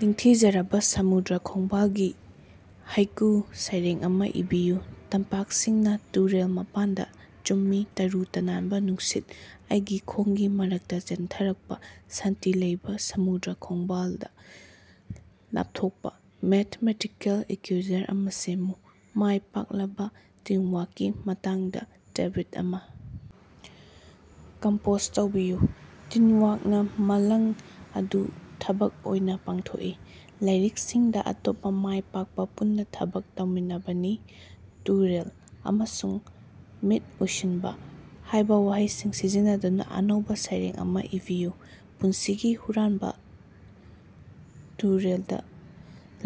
ꯅꯤꯡꯊꯤꯖꯔꯕ ꯁꯃꯨꯗ꯭ꯔ ꯈꯣꯡꯕꯥꯜꯒꯤ ꯍꯥꯏꯀꯨ ꯁꯩꯔꯦꯡ ꯑꯃ ꯏꯕꯤꯌꯨ꯫ ꯇꯝꯄꯥꯛꯁꯤꯡꯅ ꯇꯨꯔꯦꯜ ꯃꯄꯥꯟꯗ ꯆꯨꯝꯃꯤ ꯇꯔꯨ ꯇꯅꯥꯟꯕ ꯅꯨꯡꯁꯤꯠ, ꯑꯩꯒꯤ ꯈꯣꯡꯒꯤ ꯃꯔꯛꯇ ꯆꯦꯟꯊꯔꯛꯄ ꯁꯥꯟꯇꯤ ꯂꯩꯕ ꯁꯃꯨꯗ꯭ꯔ ꯈꯣꯡꯕꯥꯜꯗ ꯂꯥꯞꯊꯣꯛꯄ꯫ ꯃꯦꯊꯃꯦꯇꯤꯀꯦꯜ ꯏꯀ꯭ꯌꯨꯏꯌꯔ ꯑꯃ ꯁꯦꯝꯃꯨ꯫ ꯃꯥꯏ ꯄꯥꯛꯂꯕ ꯇꯤꯝꯋꯥꯔꯛꯀꯤ ꯃꯇꯥꯡꯗ ꯇ꯭ꯕꯤꯠ ꯑꯃ ꯀꯝꯄꯣꯖ ꯇꯧꯕꯤꯌꯨ꯫ ꯇꯤꯝꯋꯥꯔꯛꯅ ꯃꯪꯂꯥꯟ ꯑꯗꯨ ꯊꯕꯛ ꯑꯣꯏꯅ ꯄꯥꯡꯊꯣꯛꯏ ꯂꯥꯏꯔꯤꯛꯁꯤꯡꯗ ꯑꯇꯣꯞꯄ ꯃꯥꯏ ꯄꯥꯛꯄ ꯄꯨꯟꯅ ꯊꯕꯛ ꯇꯧꯃꯤꯟꯅꯕꯅꯤ꯫ "ꯇꯨꯔꯦꯜ" ꯑꯃꯁꯨꯡ "ꯃꯤꯠ ꯎꯏꯁꯤꯟꯕ" ꯍꯥꯏꯕ ꯋꯥꯍꯩꯁꯤꯡ ꯁꯤꯖꯤꯟꯅꯗꯨꯅ ꯑꯅꯧꯕ ꯁꯩꯔꯦꯡ ꯑꯃ ꯏꯕꯤꯌꯨ꯫ ꯄꯨꯟꯁꯤꯒꯤ ꯍꯨꯔꯥꯟꯕ ꯇꯨꯔꯦꯜꯗ,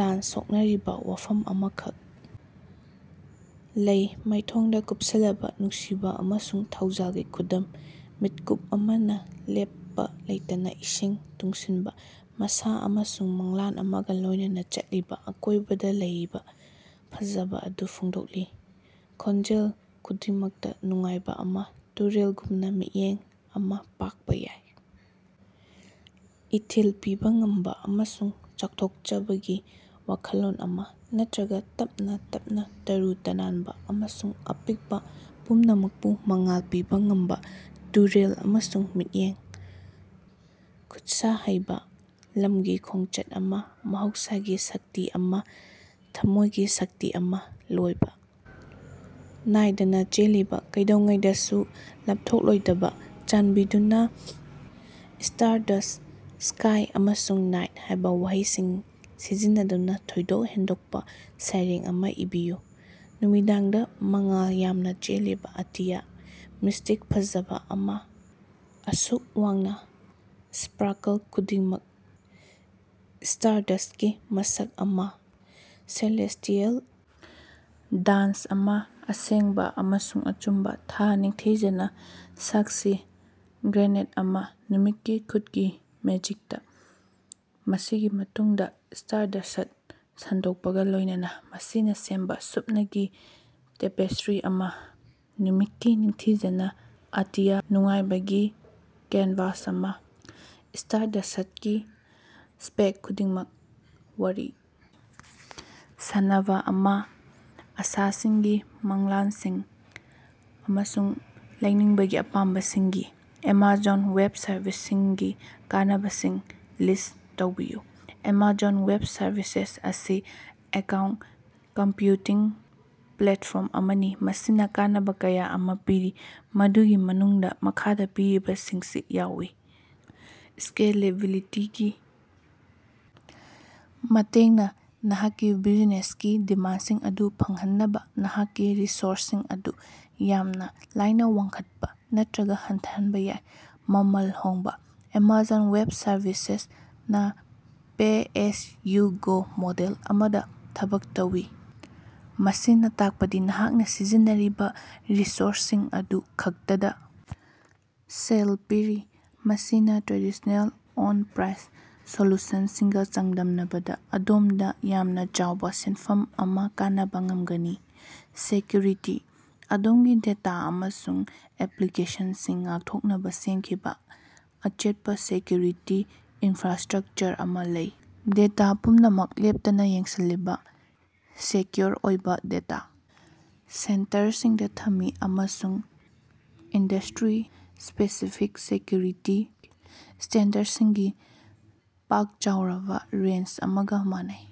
ꯂꯥꯟ ꯁꯣꯛꯅꯔꯤꯕ ꯋꯥꯐꯝ ꯑꯃꯈꯛ ꯂꯩ, ꯃꯥꯏꯊꯣꯡꯗ ꯀꯨꯞꯁꯤꯜꯂꯕ, ꯅꯨꯡꯁꯤꯕ ꯑꯃꯁꯨꯡ ꯊꯧꯖꯥꯜꯒꯤ ꯈꯨꯗꯝ꯫ ꯃꯤꯠꯀꯨꯞ ꯑꯃꯅ ꯂꯦꯞꯄ ꯂꯩꯇꯅ ꯏꯁꯤꯡ ꯇꯨꯡꯁꯤꯟꯕ, ꯃꯁꯥ ꯑꯃꯁꯨꯡ ꯃꯪꯂꯥꯟ ꯑꯃꯒ ꯂꯣꯏꯅꯅ ꯆꯦꯜꯂꯤꯕ, ꯑꯀꯣꯏꯕꯗ ꯂꯩꯔꯤꯕ ꯐꯖꯕ ꯑꯗꯨ ꯐꯣꯡꯗꯣꯛꯂꯤꯕ, ꯈꯣꯟꯖꯦꯜ ꯈꯨꯗꯤꯡꯃꯛꯇ ꯅꯨꯡꯉꯥꯏꯕ ꯑꯃ꯫ ꯇꯨꯔꯦꯜꯒꯨꯝꯅ, ꯃꯤꯠꯌꯦꯡ ꯑꯃ ꯄꯥꯛꯄ ꯌꯥꯏ, ꯏꯊꯤꯜ ꯄꯤꯕ ꯉꯝꯕ ꯑꯃꯁꯨꯡ ꯆꯥꯎꯊꯣꯛꯆꯕꯒꯤ ꯋꯥꯈꯜꯂꯣꯟ ꯑꯃ, ꯅꯠꯇ꯭ꯔꯒ ꯇꯞꯅ ꯇꯞꯅ, ꯇꯔꯨ ꯇꯅꯥꯟꯕ ꯑꯃꯁꯨꯡ ꯑꯄꯤꯛꯄ, ꯄꯨꯝꯅꯃꯛꯄꯨ ꯃꯉꯥꯜ ꯄꯤꯕ ꯉꯝꯕ꯫ ꯇꯨꯔꯦꯜ ꯑꯃꯁꯨꯡ ꯃꯤꯠꯌꯦꯡ, ꯈꯨꯠꯁ ꯍꯩꯕ, ꯂꯝꯒꯤ ꯈꯣꯡꯆꯠ ꯑꯃ, ꯃꯍꯧꯁꯥꯒꯤ ꯁꯛꯇꯤ ꯑꯃ, ꯊꯝꯃꯣꯏꯒꯤ ꯁꯛꯇꯤ ꯑꯃ, ꯂꯣꯏꯕ ꯅꯥꯏꯗꯅ ꯆꯦꯜꯂꯤꯕ, ꯀꯩꯗꯧꯉꯩꯗꯁꯨ ꯂꯥꯞꯊꯣꯛꯂꯣꯏꯗꯕ꯫ ꯆꯥꯟꯕꯤꯗꯨꯅ 'ꯁ꯭ꯇꯥꯔꯗꯁ꯭ꯠ', 'ꯁ꯭ꯀꯥꯏ', ꯑꯃꯁꯨꯡ 'ꯅꯥꯏꯠ' ꯍꯥꯏꯕ ꯋꯥꯍꯩꯁꯤꯡ ꯁꯤꯖꯤꯟꯅꯗꯨꯅ ꯊꯣꯏꯗꯣꯛ ꯍꯦꯟꯗꯣꯛꯄ ꯁꯩꯔꯦꯡ ꯑꯃ ꯏꯕꯤꯌꯨ꯫ ꯅꯨꯃꯤꯗꯥꯡꯗ, ꯃꯉꯥꯜ ꯌꯥꯝꯅ ꯆꯦꯜꯂꯤꯕ ꯑꯇꯤꯌꯥ, ꯃꯤꯁꯇꯤꯛ ꯐꯖꯕ ꯑꯃ, ꯑꯁꯨꯛ ꯋꯥꯡꯅ꯫ ꯁ꯭ꯄꯥꯔꯀꯜ ꯈꯨꯗꯤꯡꯃꯛ ꯁ꯭ꯇꯥꯔꯗꯁ꯭ꯠꯀꯤ ꯃꯁꯛ ꯑꯃ, ꯁꯦꯂꯦꯁꯇꯤꯑꯦꯜ ꯗꯥꯟꯁ ꯑꯃ, ꯑꯁꯦꯡꯕ ꯑꯃꯁꯨꯡ ꯑꯆꯨꯝꯕ꯫ ꯊꯥ ꯅꯤꯡꯊꯤꯖꯅ, ꯁꯥꯛꯁꯤ ꯒ꯭ꯔꯦꯟꯗ ꯑꯃ, ꯅꯨꯃꯤꯠꯀꯤ ꯈꯨꯠꯀꯤ ꯃꯦꯖꯤꯛꯇ꯫ ꯃꯁꯤꯒꯤ ꯃꯇꯨꯡꯗ ꯁ꯭ꯇꯥꯔꯗꯁ꯭ꯠ ꯁꯟꯗꯣꯛꯄꯒ ꯂꯣꯏꯅꯅ, ꯃꯁꯤꯅ ꯁꯦꯝꯕ ꯁꯨꯞꯅꯒꯤ ꯇꯦꯄꯦꯁꯇ꯭ꯔꯤ ꯑꯃ꯫ ꯅꯨꯃꯤꯠꯀꯤ ꯅꯤꯡꯊꯤꯖꯅ, ꯑꯇꯤꯌꯥ, ꯅꯨꯡꯉꯥꯏꯕꯒꯤ ꯀꯦꯟꯚꯥꯁ ꯑꯃ꯫ ꯁ꯭ꯇꯥꯔꯗꯁ꯭ꯠꯀꯤ ꯁ꯭ꯄꯦꯛ ꯈꯨꯗꯤꯡꯃꯛ, ꯋꯥꯔꯤ ꯁꯥꯅꯕ ꯑꯃ, ꯑꯁꯥꯁꯤꯡꯒꯤ, ꯃꯪꯂꯥꯟꯁꯤꯡ ꯑꯃꯁꯨꯡ ꯂꯩꯅꯤꯡꯕꯒꯤ ꯑꯄꯥꯝꯕꯁꯤꯡꯒꯤ꯫ ꯑꯦꯃꯥꯖꯣꯟ ꯋꯦꯕ ꯁꯔꯚꯤꯁꯁꯤꯡꯒꯤ ꯀꯥꯟꯅꯕꯁꯤꯡ ꯂꯤꯁ ꯇꯧꯕꯤꯌꯨ꯫ ꯑꯦꯃꯥꯖꯣꯟ ꯋꯦꯕ ꯁꯔꯚꯤꯁꯦꯁ ꯑꯁꯤ ꯀ꯭ꯂꯥꯎꯗ ꯀꯝꯄ꯭ꯌꯨꯇꯤꯡ ꯄ꯭ꯂꯦꯠꯐꯣꯔꯝ ꯑꯃꯅꯤ ꯃꯁꯤꯅ ꯀꯥꯟꯅꯕ ꯀꯌꯥ ꯑꯃ ꯄꯤꯔꯤ, ꯃꯗꯨꯒꯤ ꯃꯅꯨꯡꯗ ꯃꯈꯥꯗ ꯄꯤꯔꯤꯕꯁꯤꯡꯁꯤ ꯌꯥꯎꯏ꯫ ꯁ꯭ꯀꯦꯂꯦꯕꯤꯂꯤꯇꯤ ꯒꯤ ꯃꯇꯦꯡꯅ, ꯅꯍꯥꯛꯀꯤ ꯕ꯭ꯌꯨꯖꯤꯅꯦꯁꯀꯤ ꯗꯤꯃꯥꯟꯁꯤꯡ ꯑꯗꯨ ꯐꯪꯍꯟꯅꯕ ꯅꯍꯥꯛꯀꯤ ꯔꯤꯁꯣꯔꯁꯁꯤꯡ ꯑꯗꯨ ꯌꯥꯝꯅ ꯂꯥꯏꯅ ꯋꯥꯡꯈꯠꯄ ꯅꯠꯇ꯭ꯔꯒ ꯍꯟꯊꯍꯟꯕ ꯌꯥꯏ꯫ ꯃꯃꯜ ꯍꯣꯡꯕ: ꯑꯦꯃꯥꯖꯣꯟ ꯋꯦꯕ ꯁꯔꯚꯤꯁꯦꯁ ꯅ ꯄꯦ-ꯑꯦꯖ-ꯌꯨ-ꯒꯣ ꯃꯣꯗꯦꯜ ꯑꯃꯗꯥ ꯊꯕꯛ ꯇꯧꯏ, ꯃꯁꯤꯅꯥ ꯇꯥꯛꯄꯗꯤ ꯅꯍꯥꯛꯅꯥ ꯁꯤꯖꯤꯟꯅꯔꯤꯕꯥ ꯔꯤꯁꯣꯔꯁꯁꯤꯡ ꯑꯗꯨ ꯈꯛꯇꯗꯥ ꯁꯦꯜ ꯄꯤꯔꯤ꯫ ꯃꯁꯤꯅꯥ ꯇ꯭ꯔꯦꯗꯤꯁ꯭ꯅꯦꯜ ꯑꯣꯟ-ꯄ꯭ꯔꯥꯏꯁ ꯁꯣꯂꯨꯁꯟꯁꯤꯡꯒꯥ ꯆꯥꯡꯗꯝꯅꯕꯗꯥ ꯑꯗꯣꯝꯗꯥ ꯌꯥꯝꯅꯥ ꯆꯥꯎꯕꯥ ꯁꯦꯟꯐꯝ ꯑꯃꯥ ꯀꯅꯕꯥ ꯉꯝꯒꯅꯤ꯫ ꯁꯦꯀ꯭ꯌꯨꯔꯤꯇꯤ: ꯑꯗꯣꯝꯒꯤ ꯗꯦꯇꯥ ꯑꯃꯁꯨꯡ ꯑꯦꯄ꯭ꯂꯤꯀꯦꯁꯟꯁꯤꯡ ꯉꯥꯛꯊꯣꯛꯅꯕ ꯁꯦꯝꯈꯤꯕ ꯑꯆꯦꯠꯄ ꯁꯦꯀ꯭ꯌꯨꯔꯤꯇꯤ ꯏꯟꯐ꯭ꯔꯥꯁ꯭ꯇꯔꯛꯆꯔ ꯑꯃ ꯂꯩ꯫ ꯗꯦꯇꯥ ꯄꯨꯝꯅꯃꯛ ꯂꯦꯞꯇꯅ ꯌꯦꯡꯁꯤꯜꯂꯤꯕ ꯁꯦꯀ꯭ꯌꯨꯑꯣꯔ ꯑꯣꯏꯕ ꯗꯦꯇꯥ ꯁꯦꯟꯇꯔꯁꯤꯡꯗ ꯊꯝꯃꯤ, ꯑꯃꯁꯨꯡ ꯏꯟꯗꯁꯇ꯭ꯔꯤ-ꯁ꯭ꯄꯦꯁꯤꯐꯤꯛ ꯁꯦꯀ꯭ꯌꯨꯔꯤꯇꯤ ꯁ꯭ꯇꯦꯟꯗꯔꯗꯁꯤꯡꯒꯤ ꯄꯥꯛ-ꯆꯥꯎꯔꯕ ꯔꯦꯟꯖ ꯑꯃꯒ ꯃꯥꯟꯅꯩ꯫